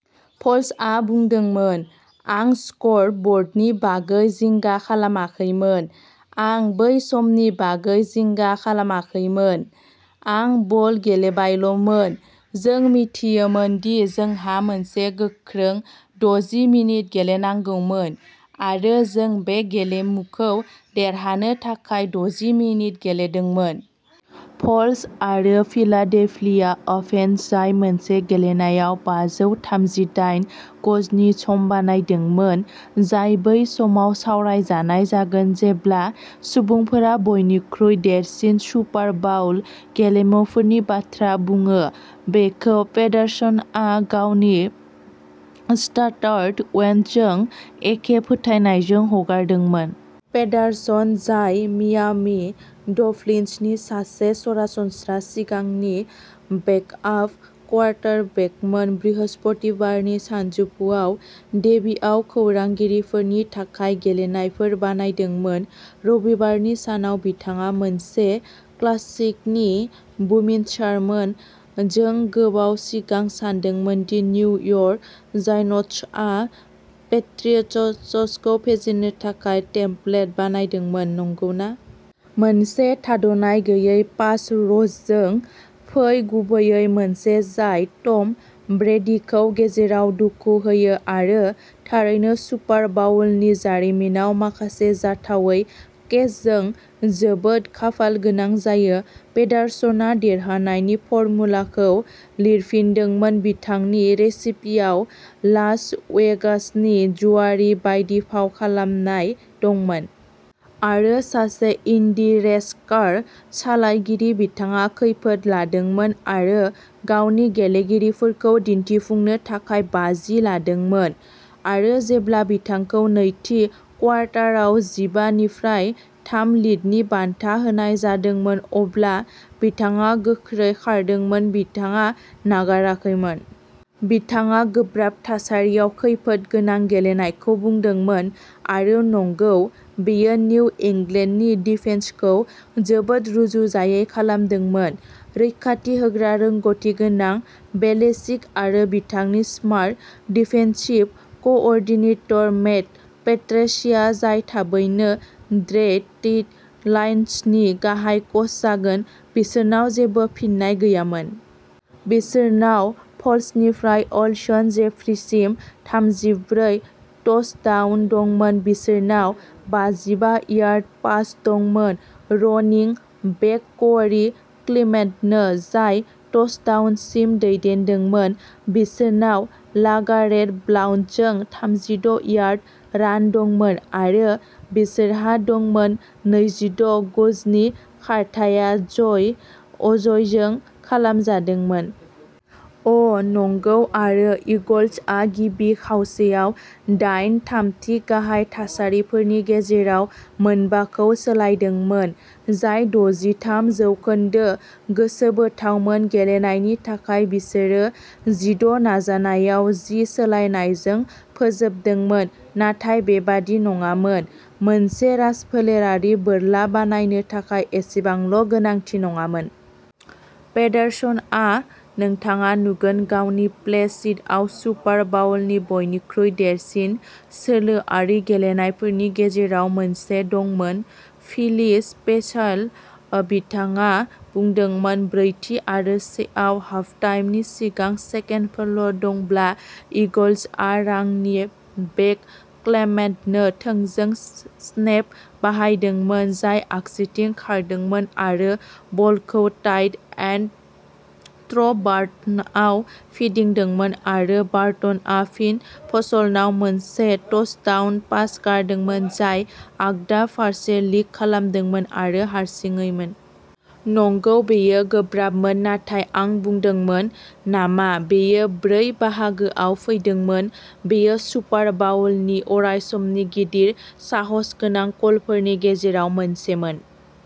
फ'ल्सआ बुंदोंमोन, "आं स्क'र ब'र्डनि बागै जिंगा खालामाखैमोन। आं बै समनि बागै जिंगा खालामाखैमोन। आं बल गेलेबायल'मोन। जों मिथियोमोन दि जोंहा मोनसे गोख्रों द'जि मिनिट गेलेनांगौमोन आरो जों बे गेलेमुखौ देरहानो थाखाय द'जि मिनिट गेलेदोंमोन। फ'ल्स आरो फिलाडेल्फिया अफेन्स जाय मोनसे गेलेनायाव बाजौ थामजिदाइन गजनि सम बानायदोंमोन, जाय बै समाव सावरायजानाय जागोन जेब्ला सुबुंफोरा बयनिख्रुइ देरसिन सुपार बाउल गेलेमुफोरनि बाथ्रा बुङो, बेखौ पेडारसनआ गावनि स्टार्टार वेन्टजजों एखे फोथायनायजों हगारदोंमोन। पेडारसन, जाय मियामी डल्फिन्सनि सासे सरासनस्रा सिगांनि बेकआप क्वार्टरबेकमोन, बृहस्पतिबारनि सानजौफुआव डेवीआव खौरांगिरिफोरनि थाखाय गेलेनायफोर बानायदोंमोन। रबिबारनि सानाव बिथाङा मोनसे क्लासिकनि बुमिनसारमोन। जों गोबाव सिगां सानदोंमोन दि निउयर्क जायन्ट्सआ पेट्रियट्सखौ फेजेननो थाखाय टेम्पलेट बानायदोंमोन, नंगौना? मोनसे थाद'नाय गैयै पास रशजों फै गुबैयै। मोनसे जाय टम ब्रेडीखौ गेजेराव दुखु होयो आरो थारैनो सुपार बाउलनि जारिमिनाव माखासे जाथावै केचजों जोबोद खाफालगोनां जायो। पेडारसनआ देरहानायनि फर्मुलाखौ लिरफिनदोंमोन। बिथांनि रेसिपियाव लास वेगासनि जुआरी बायदि फाव खालामनाय दंमोन। आरो सासे इन्डी रेस कार सालायगिरि। बिथाङा खैफोद लादोंमोन आरो गावनि गेलेगिरिफोरखौ दिन्थिफुंनो थाखाय बाजि लादोंमोन। आरो जेब्ला बिथांखौ नैथि क्वार्टाराव जिबा निफ्राय थाम लिडनि बान्था होनाय जादोंमोन, अब्ला बिथाङा गोख्रै खारदोंमोन। बिथाङा नागाराखैमोन। बिथाङा गोब्राब थासारियाव खैफोद गोनां गेलेनायखौ बुंदोंमोन आरो नंगौ, बेयो निउ इंलेन्डनि डिफेन्सखौ जोबोद रुजुजायै खालामदोंमोन। रैखाथि होग्रा रोंग'थि गोनां बेलिचिक आरो बिथांनि smart defensive coordinator Matt Patricia, जाय थाबैनो डेट्रइट लायन्सनि गाहाय कच जागोन, बिसोरनाव जेबो फिननाय गैयामोन। बिसोरनाव फलसनिफ्राय अल्सन जेफ्रीसिम थामजिब्रै टचडाउन दंमोन। बिसोरनाव बाजिबा यार्ड पास दंमोन रनिं बेक क'री क्लेमेन्टनो जाय टचडाउनसिम दैदेनदोंमोन। बिसोरनाव लागारेट ब्लाउन्टजों थामजिद' यार्ड रान दंमोन। आरो बिसोरहा दंमोन नैजिद' गजनि खारथाइया जय अजयजों खालामजादोंमोन। अ, नंगौ, आरो ईगल्सआ गिबि खावसेयाव दाइन थामथि गाहाय थासारिफोरनि गेजेराव मोनबाखौ सोलायदोंमोन, जाय दजिथाम जौखोन्दो गोसोबोथावमोन। गेलेनायनि थाखाय बिसोरो जिद' नाजानायाव जि सोलायनायजों फोजोबदोंमोन। नाथाय बेबादि नङामोन। मोनसे राजफोलेरारि बोरला बानायनो थाखाय एसेबांल' गोनांथि नङामोन। पेडारसनआ, नोंथाङा नुगोन, गावनि प्ले शीटआव सुपार बाउलनि बयनिख्रुइ देरसिन सोलोआरि गेलेनायफोरनि गेजेराव मोनसे दंमोन, "फिली स्पेसाल", बिथाङा बुंदोंमोन- ब्रैथि आरो सेआव हाफटाइमनि सिगां सेकेन्डफोरल' दंब्ला, ईगल्सआ रानिं बेक क्लेमेन्टनो थोंजों स्नेप बाहायदोंमोन, जाय आगसिथिं खारदोंमोन आरो बलखौ टाइट एन्ड ट्रे बार्टनआव फिदिंदोंमोन आरो बार्टनआ फिन फलसनाव मोनसे टचडाउन पास गारदोंमोन, जाय आगदा फारसे लिक खालामदोंमोन आरो हारसिङैमोन। नंगौ, बेयो गोब्राबमोन। नाथाय आं बुंदोंमोन नामा बेयो ब्रैथि गाहायआव फैदोंमोन। बेयो सुपार बाउलनि अरायसमनि गिदिर साहसगोनां कलफोरनि गेजेराव मोनसेमोन।